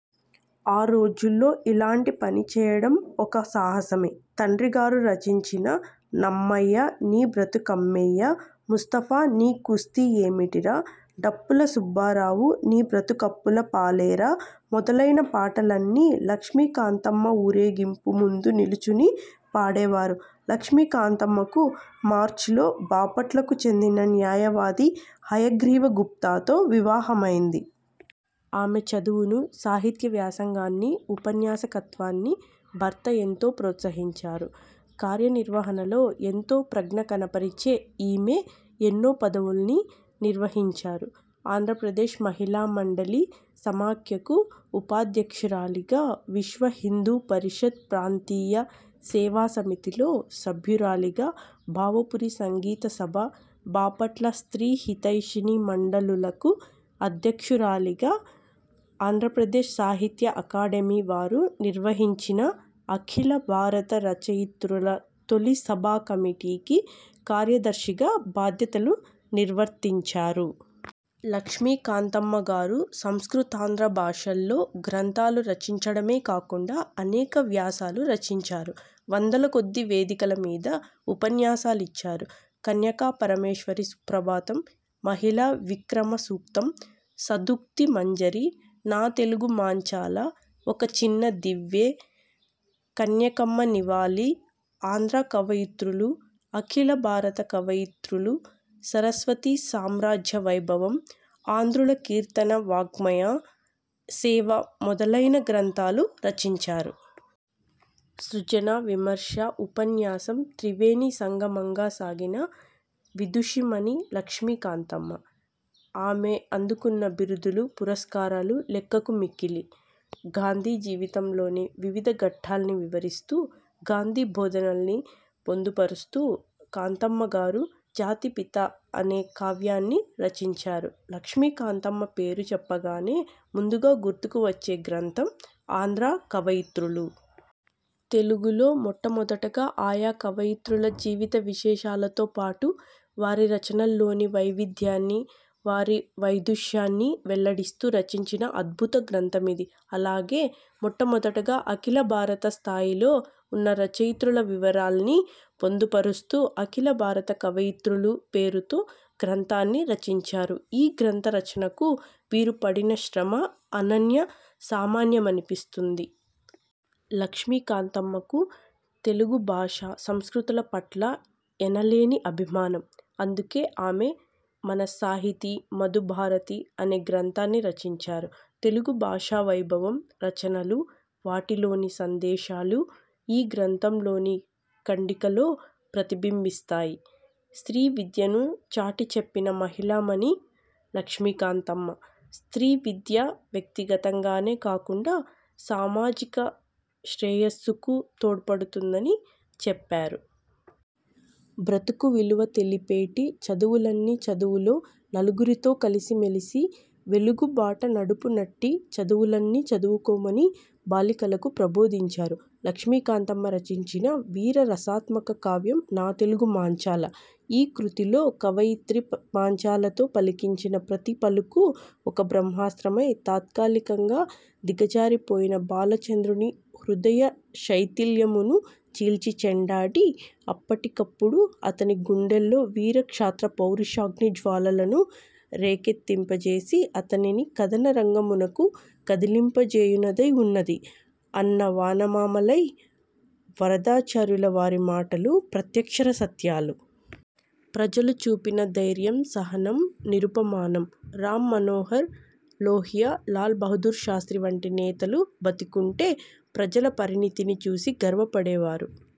ఆ రోజుల్లో ఇలాంటి పని చేయడం ఒక సాహసమే. తండ్రిగారు రచించిన 'నమ్మయ్యా నీ బ్రతుకమ్మెయ్యా', 'ముస్తఫా నీ కుస్తీ ఏమిటిరా', 'డప్పుల సుబ్బారావు నీ బ్రతుకప్పుల పాలేరా' మొదలైన పాటలన్నీ లక్ష్మీకాంతమ్మ ఊరేగింపు ముందు నిలుచుని పాడేవారు. లక్ష్మీకాంతమ్మకు మార్చిలో బాపట్లకు చెందిన న్యాయవాది హయగ్రీవ గుప్తాతో వివాహమైంది. ఆమె చదువును, సాహిత్య వ్యాసంగాన్ని, ఉపన్యాసకత్వాన్ని భర్త ఎంతో ప్రోత్సహించారు. కార్యనిర్వహణలో ఎంతో ప్రజ్ఞ కనపరచే ఈమె ఎన్నో పదవుల్ని నిర్వహించారు. ఆంధ్రప్రదేశ్ మహిళా మండలి సమాఖ్యకు ఉపాధ్యక్షురాలిగా, విశ్వహిందూ పరిషత్ ప్రాంతీయ సేవా సమితిలో సభ్యురాలిగా, భావపురి సంగీత సభ, బాపట్ల స్ర్తీ హితైషిణి మండలులకు అధ్యక్షురాలిగా, ఆంధ్రప్రదేశ్ సాహిత్య అకాడమీ వారు నిర్వహించిన అఖిల భారత రచయిత్రుల తొలి సభా కమిటీకి కార్యదర్శిగా బాధ్యతలు నిర్వర్తించారు. లక్ష్మీకాంతమ్మగారు సంస్కృతాంధ్ర భాషల్లో గ్రంథాలు రచించడమే కాకుండా అనేక వ్యాసాలు రచించారు. వందలకొద్దీ వేదికల మీద ఉపన్యాసాలిచ్చారు. కన్యకాపరమేశ్వరీ సుప్రభాతం, మహిళా విక్రమ సూక్తం, సదుక్తి మంజరి, నా తెలుగు మాంచాల, ఒక చిన్న దివ్వె, కన్యకమ్మ నివాళి, ఆంధ్ర కవయిత్రులు, అఖిల భారత కవయిత్రులు, సరస్వతీ సామ్రాజ్య వైభవం, ఆంధ్రుల కీర్తన వాఙ్మయ సేవ మొదలైన గ్రంథాలు రచించారు. సృజన, విమర్శ, ఉపన్యాసం త్రివేణి సంగమంగా సాగిన విదుషీమణి లక్ష్మీకాంతమ్మ. ఆమె అందుకున్న బిరుదులు, పురస్కారాలు లెక్కకు మిక్కిలి. గాంధీ జీవితంలోని వివిధ ఘట్టాల్ని వివరిస్తూ గాంధీ బోధనల్ని పొందుపరుస్తూ కాంతమ్మగారు 'జాతిపిత' అనే కావ్యాన్ని రచించారు. లక్ష్మీకాంతమ్మ పేరు చెప్పగానే ముందుగా గుర్తుకు వచ్చే గ్రంథం ఆంధ్ర కవయిత్రులు. తెలుగులో మొట్టమొదటగా ఆయా కవయిత్రుల జీవిత విశేషాలతోపాటు, వారి రచనల్లోని వైవిధ్యాన్ని, వారి వైదుష్యాన్ని వెల్లడిస్తూ రచించిన అద్భుత గ్రంథమిది. అలాగే మొట్టమొదటగా అఖిల భారత స్థాయిలో ఉన్న రచయిత్రుల వివరాల్ని పొందుపరస్తూ అఖిల భారత కవయిత్రులు పేరుతో గ్రంథాన్ని రచించారు. ఈ గ్రంథ రచనకు వీరు పడిన శ్రమ అనన్య సామాన్యమనిపిస్తుంది. లక్ష్మీకాంతమ్మకు తెలుగు భాష, సంస్కృతుల పట్ల ఎనలేని అభిమానం. అందుకే ఆమె, 'మన సాహితి–మధు భారతి' అనే గ్రంథాన్ని రచించారు. తెలుగు భాషా వైభవం, రచనలు, వాటిలోని సందేశాలు, ఈ గ్రంథంలోని ఖండికలో ప్రతిబింబిస్తాయి. స్త్రీ విద్యను చాటి చెప్పిన మహిళామణి లక్ష్మీకాంతమ్మ. స్ర్తీ విద్య వ్యక్తిగతంగానే కాకుండా సామాజిక శ్రేయస్సుకూ తోడ్పడుతుందని చెప్పారు. ''బ్రతుకు విలువ తెలిపేటి–చదువులన్ని చదువులో–నలుగురితో కలిసిమెలసి–వెలుగు బాట నడుపునట్టి'' చదువులన్నీ చదువుకోమని బాలికలకు ప్రబోధించారు. లక్ష్మీకాంతమ్మ రచించిన వీర రసాత్మక కావ్యం 'నా తెలుగు మాంచాల'. ''ఈ కృతిలో కవయిత్రి మాంచాలతో పలికించిన ప్రతి పలుకూ ఒక బ్రహ్మాస్త్రమై, తాత్కాలికంగా దిగజారిపోయిన బాలచంద్రుని హృదయ శైథిల్యమును చీల్చిచెండాడి, అప్పటికప్పుడు అతని గుండెల్లో వీరక్షాత్ర పౌరుషాగ్ని జ్వాలలను రేకెత్తింపజేసి అతనిని కదన రంగమునకు కదలింపజేయునదై ఉన్నది,'' అన్న వానమామలై వరదాచార్యుల వారి మాటలు ప్రత్యక్షరసత్యాలు. ప్రజలు చూపిన ధైర్యం సహనం నిరుపమానం. రాంమనోహర్ లోహియా, లాల్ బహదూర్ శాస్ర్తి వంటి నేతలు బతికుంటే ప్రజల పరిణతిని చూసి గర్వపడే వారు.